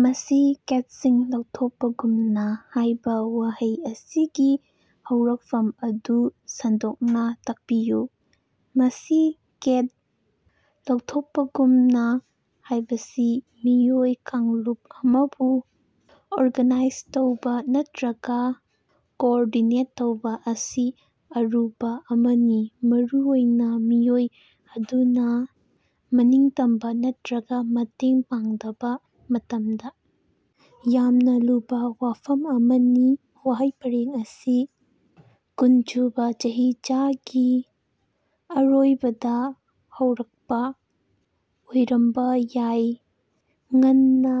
ꯃꯁꯤ ꯀꯦꯠꯁꯤꯡ ꯂꯧꯊꯣꯛꯄꯒꯨꯝꯅꯥ ꯍꯥꯏꯕꯥ ꯋꯥꯍꯩ ꯑꯁꯤꯒꯤ ꯍꯧꯔꯛꯐꯝ ꯑꯗꯨ ꯁꯟꯗꯣꯛꯅꯥ ꯇꯥꯛꯄꯤꯌꯨ꯫ ꯃꯁꯤ ꯀꯦꯠ ꯂꯧꯊꯣꯛꯄꯒꯨꯝꯅꯥ ꯍꯥꯏꯕꯁꯤ ꯃꯤꯑꯣꯏ ꯀꯥꯡꯂꯨꯞ ꯑꯃꯕꯨ ꯑꯣꯔꯒꯥꯅꯥꯏꯖ ꯇꯧꯕꯥ ꯅꯠꯇ꯭ꯔꯒꯥ ꯀꯣꯑꯣꯔꯗꯤꯅꯦꯠ ꯇꯧꯕꯥ ꯑꯁꯤ ꯑꯔꯨꯕꯥ ꯑꯃꯅꯤ, ꯃꯔꯨꯑꯣꯏꯅꯥ ꯃꯤꯑꯣꯏ ꯑꯗꯨꯅꯥ ꯃꯅꯤꯡꯇꯝꯕꯥ ꯅꯠꯇ꯭ꯔꯒꯥ ꯃꯇꯦꯡ ꯄꯥꯡꯗꯕꯥ ꯃꯇꯝꯗꯥ ꯌꯥꯝꯅꯥ ꯂꯨꯕꯥ ꯋꯥꯐꯝ ꯑꯃꯅꯤ꯫ ꯋꯥꯍꯩ ꯄꯔꯦꯡ ꯑꯁꯤ ꯀꯨꯟꯁꯨꯕꯥ ꯆꯍꯤꯆꯥꯒꯤ ꯑꯔꯣꯏꯕꯗꯥ ꯍꯧꯔꯛꯄꯥ ꯑꯣꯏꯔꯝꯕꯥ ꯌꯥꯏ, ꯉꯟꯅꯥ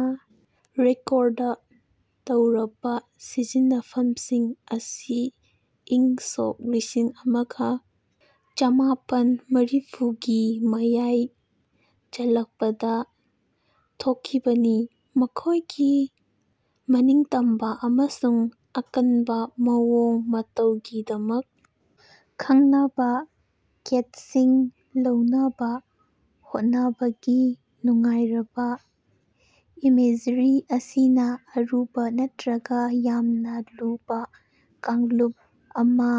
ꯔꯦꯀꯣꯔꯗ ꯇꯧꯔꯕꯥ ꯁꯤꯖꯤꯟꯅꯐꯝꯁꯤꯡ ꯑꯁꯤ ꯏꯪ ꯁꯣꯛ ꯂꯤꯁꯤꯡ ꯑꯃꯥ ꯆꯥꯝꯃꯥꯄꯟ ꯃꯔꯤꯐꯨꯒꯤ ꯃꯌꯥꯏ ꯆꯜꯂꯛꯄꯗꯥ ꯊꯣꯛꯈꯤꯕꯅꯤ꯫ ꯃꯈꯣꯏꯒꯤ ꯃꯅꯤꯡꯇꯝꯕꯥ ꯑꯃꯁꯨꯡ ꯑꯀꯟꯕꯥ ꯃꯑꯣꯡ ꯃꯇꯧꯒꯤꯗꯃꯛ ꯈꯪꯅꯔꯕꯥ ꯀꯦꯠꯁꯤꯡ ꯂꯧꯅꯕꯥ ꯍꯣꯠꯅꯕꯒꯤ ꯅꯨꯡꯉꯥꯏꯔꯕꯥ ꯏꯃꯦꯖꯔꯤ ꯑꯁꯤꯅꯥ ꯑꯔꯨꯕꯥ ꯅꯠꯇ꯭ꯔꯒꯥ ꯌꯥꯝꯅꯥ ꯂꯨꯕꯥ ꯀꯥꯡꯂꯨꯞ ꯑꯃꯥ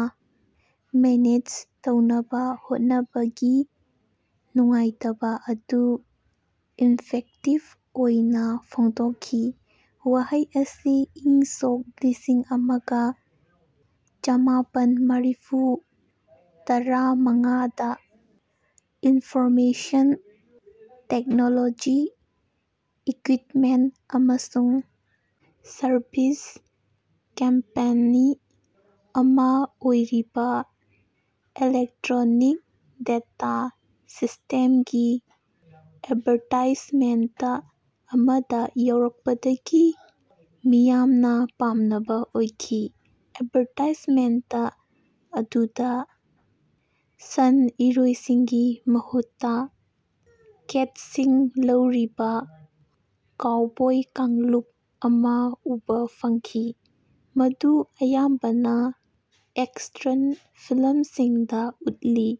ꯃꯦꯅꯦꯖ ꯇꯧꯅꯕꯥ ꯍꯣꯠꯅꯕꯒꯤ ꯅꯨꯡꯉꯥꯏꯇꯕꯥ ꯑꯗꯨ ꯏꯐꯦꯛꯇꯤꯞ ꯑꯣꯏꯅꯥ ꯐꯣꯡꯗꯣꯛꯈꯤ꯫ ꯋꯥꯍꯩ ꯑꯁꯤ ꯏꯪ ꯁꯣꯛ ꯂꯤꯁꯤꯡ ꯑꯃꯥ ꯆꯥꯝꯃꯥꯄꯟ ꯃꯔꯤꯐꯨꯇꯔꯥꯃꯉꯥꯗꯥ ꯏꯟꯐꯣꯔꯃꯦꯁꯟ ꯇꯦꯛꯅꯣꯂꯣꯖꯤ ꯏꯀ꯭ꯋꯤꯞꯃꯦꯟ ꯑꯃꯁꯨꯡ ꯁꯔꯕꯤꯁ ꯀꯝꯄꯦꯅꯤ ꯑꯃꯥ ꯑꯣꯏꯔꯤꯕꯥ ꯏꯂꯦꯛꯇ꯭ꯔꯣꯅꯤꯛ ꯗꯦꯇꯥ ꯁꯤꯁ꯭ꯇꯦꯝꯁꯒꯤ ꯑꯦꯠꯚꯥꯔꯇꯥꯏꯖꯃꯦꯟꯇ ꯑꯃꯗꯥ ꯌꯥꯎꯔꯛꯄꯗꯒꯤ ꯃꯤꯌꯥꯝꯅꯥ ꯄꯥꯝꯅꯕꯥ ꯑꯣꯏꯈꯤ꯫ ꯑꯦꯠꯚꯥꯔꯇꯥꯏꯖꯃꯦꯟꯇ ꯑꯗꯨꯗꯥ ꯁꯟ-ꯏꯔꯣꯏꯁꯤꯡꯒꯤ ꯃꯍꯨꯠꯇꯥ ꯀꯦꯠꯁꯤꯡ ꯂꯧꯔꯤꯕꯥ ꯀꯥꯎꯕꯣꯏ ꯀꯥꯡꯂꯨꯞ ꯑꯃꯥ ꯎꯕꯥ ꯐꯪꯈꯤ, ꯃꯗꯨ ꯑꯌꯥꯝꯕꯅꯥ ꯋꯦꯁꯇ꯭ꯔꯟ ꯐꯤꯂꯝꯁꯤꯡꯗꯥ ꯎꯠꯂꯤ꯫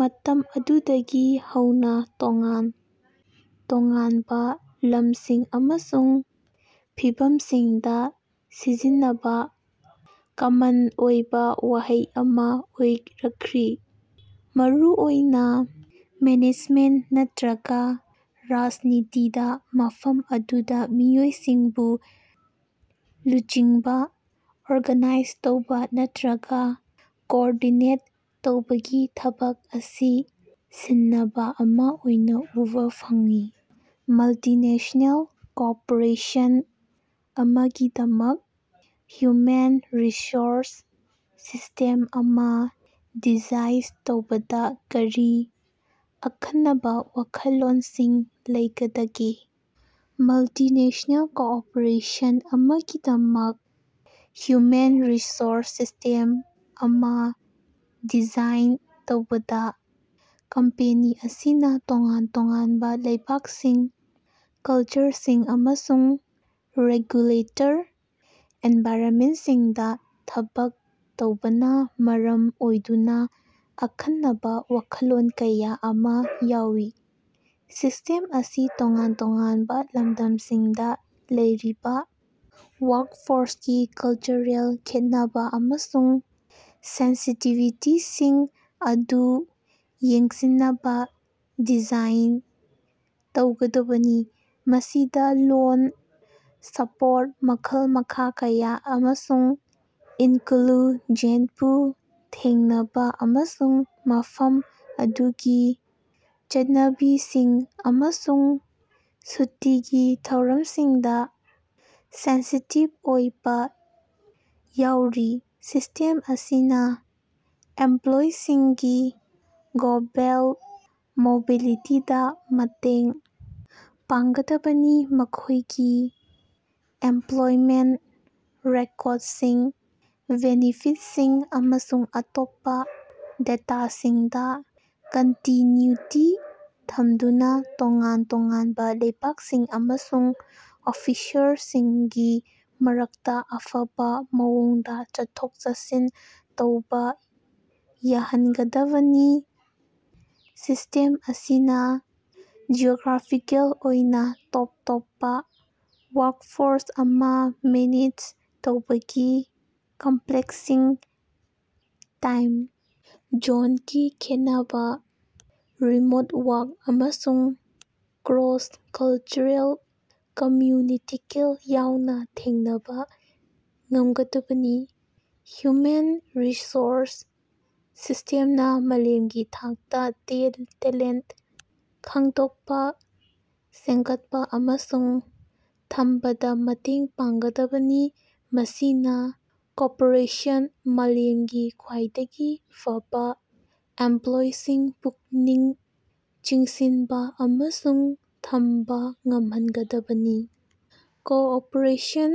ꯃꯇꯝ ꯑꯗꯨꯗꯒꯤ ꯍꯧꯅꯥ ꯇꯣꯉꯥꯟ ꯇꯣꯉꯥꯟꯕꯥ ꯂꯝꯁꯤꯡ ꯑꯃꯁꯨꯡ ꯐꯤꯚꯝꯁꯤꯡꯗꯥ ꯁꯤꯖꯤꯟꯅꯕꯥ ꯀꯃꯟ ꯑꯣꯏꯕꯥ ꯋꯥꯍꯩ ꯑꯃꯥ ꯑꯣꯏꯔꯛꯈꯤ, ꯃꯔꯨꯑꯣꯏꯅꯥ ꯃꯦꯅꯦꯖꯃꯦꯟ ꯅꯠꯇ꯭ꯔꯒꯥ ꯔꯥꯖꯅꯤꯇꯤꯗꯥ, ꯃꯐꯝ ꯑꯗꯨꯗꯥ ꯃꯤꯑꯣꯏꯁꯤꯡꯕꯨ ꯂꯨꯆꯤꯡꯕꯥ, ꯑꯣꯔꯒꯅꯥꯏꯖ ꯇꯧꯕꯥ ꯅꯠꯇ꯭ꯔꯒꯥ ꯀꯣꯑꯣꯔꯗꯤꯅꯦꯠ ꯇꯧꯕꯒꯤ ꯊꯕꯛ ꯑꯁꯤ ꯁꯤꯡꯅꯕꯥ ꯑꯃꯥ ꯑꯣꯏꯅꯥ ꯎꯕꯥ ꯐꯪꯏ꯫ ꯃꯜꯇꯤꯅꯦꯁꯅꯦꯜ ꯀꯣꯔꯄꯣꯔꯦꯁꯟ ꯑꯃꯒꯤꯗꯃꯛ ꯍ꯭ꯌꯨꯃꯦꯟ ꯔꯤꯁꯣꯔꯁ ꯁꯤꯁꯇꯦꯝ ꯑꯃꯥ ꯗꯤꯖꯥꯏꯟ ꯇꯧꯕꯗꯥ ꯀꯔꯤ ꯑꯈꯟꯅꯕꯥ ꯋꯥꯈꯜꯂꯣꯟꯁꯤꯡ ꯂꯩꯒꯗꯒꯦ? ꯃꯜꯇꯤꯅꯦꯁꯅꯦꯜ ꯀꯣꯔꯄꯣꯔꯦꯁꯟ ꯑꯃꯒꯤꯗꯃꯛ ꯍ꯭ꯌꯨꯃꯦꯟ ꯔꯤꯁꯣꯔꯁ ꯁꯤꯁ꯭ꯇꯦꯝ ꯑꯃꯥ ꯗꯤꯖꯥꯏꯟ ꯇꯧꯕꯗꯥ ꯀꯝꯄꯦꯅꯤ ꯑꯁꯤꯅꯥ ꯇꯣꯉꯥꯟ ꯇꯣꯉꯥꯟꯕꯥ ꯂꯩꯕꯥꯛꯁꯤꯡ, ꯀꯜꯆꯔꯁꯤꯡ ꯑꯃꯁꯨꯡ ꯔꯦꯒꯨꯂꯦꯇꯔꯤ ꯑꯦꯟꯚꯥꯏꯔꯟꯃꯦꯟꯁꯤꯡꯗꯥ ꯊꯕꯛ ꯇꯧꯕꯅꯥ ꯃꯔꯝ ꯑꯣꯏꯗꯨꯅꯥ ꯑꯈꯟꯅꯕꯥ ꯋꯥꯈꯜꯂꯣꯟ ꯀꯌꯥ ꯑꯃꯥ ꯌꯥꯎꯏ꯫ ꯁꯤꯁꯇꯦꯝ ꯑꯁꯤ ꯇꯣꯉꯥꯟ ꯇꯣꯉꯥꯟꯕꯥ ꯂꯝꯗꯝꯁꯤꯡꯗꯥ ꯂꯩꯔꯤꯕꯥ ꯋꯥꯛꯐꯣꯔꯁꯀꯤ ꯀꯜꯆꯔꯦꯜ ꯈꯦꯠꯅꯕꯥ ꯑꯃꯁꯨꯡ ꯁꯦꯟꯁꯤꯇꯤꯕꯤꯇꯤꯁꯤꯡ ꯑꯗꯨ ꯌꯦꯡꯁꯤꯟꯅꯕꯥ ꯗꯤꯖꯥꯏꯟ ꯇꯧꯒꯗꯕꯅꯤ꯫ ꯃꯁꯤꯗꯥ ꯂꯣꯜ, ꯁꯄꯣꯔꯠ, ꯃꯈꯜ-ꯃꯈꯥ ꯀꯌꯥ ꯑꯃꯁꯨꯡ ꯏꯟꯀ꯭ꯂꯨꯖꯟꯕꯨ ꯊꯦꯡꯅꯕꯥ ꯑꯃꯁꯨꯡ ꯃꯐꯝ ꯑꯗꯨꯒꯤ ꯆꯠꯅꯕꯤꯁꯤꯡ ꯑꯃꯁꯨꯡ ꯁꯨꯇꯤꯒꯤ ꯊꯧꯔꯝꯁꯤꯡꯗꯥ ꯁꯦꯟꯁꯤꯇꯤꯞ ꯑꯣꯏꯕꯥ ꯌꯥꯎꯔꯤ꯫ ꯁꯤꯁꯇꯦꯝ ꯑꯁꯤꯅꯥ ꯏꯃꯄ꯭ꯂꯣꯌꯤꯁꯤꯡꯒꯤ ꯒ꯭ꯂꯣꯕꯦꯜ ꯃꯣꯕꯤꯂꯤꯇꯤꯗꯥ ꯃꯇꯦꯡ ꯄꯥꯡꯒꯗꯕꯅꯤ, ꯃꯈꯣꯏꯒꯤ ꯏꯝꯄ꯭ꯂꯣꯏꯃꯦꯟ ꯔꯦꯀꯣꯠꯁꯤꯡ, ꯕꯦꯅꯤꯐꯤꯠꯁꯤꯡ ꯑꯃꯁꯨꯡ ꯑꯇꯣꯞꯄꯥ ꯗꯦꯇꯥꯁꯤꯡꯗꯥ ꯀꯟꯇꯤꯅ꯭ꯌꯨꯇꯤ ꯊꯝꯗꯨꯅꯥ ꯇꯣꯉꯥꯟ ꯇꯣꯉꯥꯟꯕꯥ ꯂꯩꯕꯥꯛꯁꯤꯡ ꯑꯃꯁꯨꯡ ꯑꯣꯐꯤꯁꯁꯤꯡꯒꯤ ꯃꯔꯛꯇꯥ ꯑꯐꯕꯥ ꯃꯑꯣꯡꯗꯥ ꯆꯠꯊꯣꯛ-ꯆꯠꯁꯤꯟ ꯇꯧꯕꯥ ꯌꯥꯍꯟꯒꯗꯕꯅꯤ꯫ ꯁꯤꯁꯇꯦꯝ ꯑꯁꯤꯅꯥ ꯖꯤꯑꯣꯒ꯭ꯔꯥꯐꯤꯀꯦꯜ ꯑꯣꯏꯅꯥ ꯇꯣꯞ ꯇꯣꯞꯄꯥ ꯋꯥꯛꯐꯣꯔꯁ ꯑꯃꯥ ꯃꯦꯅꯦꯖ ꯇꯧꯕꯒꯤ ꯀꯝꯄ꯭ꯂꯦꯛꯁꯁꯤꯡ, ꯇꯥꯏꯝ ꯖꯣꯟꯒꯤ ꯈꯦꯠꯅꯕꯥ, ꯔꯤꯃꯣꯠ ꯋꯥꯔꯛ ꯑꯃꯁꯨꯡ ꯀ꯭ꯔꯣꯁ-ꯀꯜꯆꯔꯦꯜ ꯀꯝꯃ꯭ꯌꯨꯅꯤꯀꯦꯁꯟ ꯌꯥꯎꯅꯥ ꯊꯦꯡꯅꯕꯥ ꯉꯝꯒꯗꯕꯅꯤ꯫ ꯍ꯭ꯌꯨꯃꯦꯟ ꯔꯤꯁꯣꯔꯁ ꯁꯤꯁꯇꯦꯝꯅꯥ ꯃꯥꯂꯦꯝꯒꯤ ꯊꯥꯛꯇꯥ ꯇꯦꯂꯦꯟ ꯈꯪꯗꯣꯛꯄꯥ, ꯁꯦꯝꯒꯠꯄꯥ ꯑꯃꯁꯨꯡ ꯊꯝꯕꯗꯥ ꯃꯇꯦꯡ ꯄꯥꯡꯒꯗꯕꯅꯤ, ꯃꯁꯤꯅꯥ ꯀꯣꯔꯄꯣꯔꯦꯁꯟꯅꯥ ꯃꯥꯂꯦꯝꯒꯤ ꯈ꯭ꯋꯥꯏꯗꯒꯤ ꯐꯕꯥ ꯑꯦꯝꯄ꯭ꯂꯣꯏꯁꯤꯡ ꯄꯨꯛꯅꯤꯡ ꯆꯤꯡꯁꯤꯟꯕꯥ ꯑꯃꯁꯨꯡ ꯊꯝꯕꯥ ꯉꯝꯍꯟꯒꯗꯕꯅꯤ꯫ ꯀꯣꯔꯄꯣꯔꯦꯁꯟ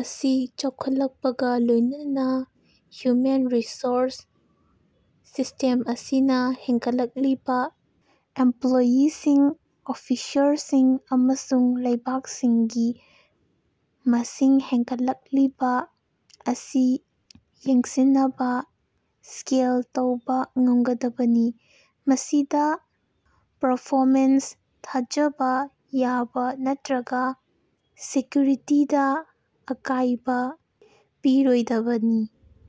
ꯑꯁꯤ ꯆꯥꯎꯈꯠꯂꯛꯄꯒꯥ ꯂꯣꯏꯅꯅꯥ, ꯍ꯭ꯌꯨꯃꯦꯟ ꯔꯤꯁꯣꯔꯁ ꯁꯤꯁ꯭ꯇꯦꯝ ꯑꯁꯤꯅꯥ ꯍꯦꯟꯒꯠꯂꯛꯂꯤꯕꯥ ꯑꯦꯝꯄ꯭ꯂꯣꯌꯤꯁꯤꯡ, ꯑꯣꯐꯤꯁꯁꯤꯡ ꯑꯃꯁꯨꯡ ꯂꯩꯕꯥꯛꯁꯤꯡꯒꯤ ꯃꯁꯤꯡ ꯍꯦꯟꯒꯠꯂꯛꯂꯤꯕꯥ ꯑꯁꯤ ꯌꯦꯡꯁꯤꯟꯅꯕꯥ ꯁ꯭ꯀꯦꯜ ꯇꯧꯕꯥ ꯉꯝꯒꯗꯕꯅꯤ, ꯃꯁꯤꯗꯥ ꯄꯔꯐꯣꯃꯦꯟꯁ, ꯊꯥꯖꯕꯥ ꯌꯥꯕꯥ ꯅꯠꯇ꯭ꯔꯒꯥ ꯁꯦꯀ꯭ꯌꯨꯔꯤꯇꯤꯗꯥ ꯑꯀꯥꯏꯕꯥ ꯄꯤꯔꯣꯏꯗꯕꯅꯤ꯫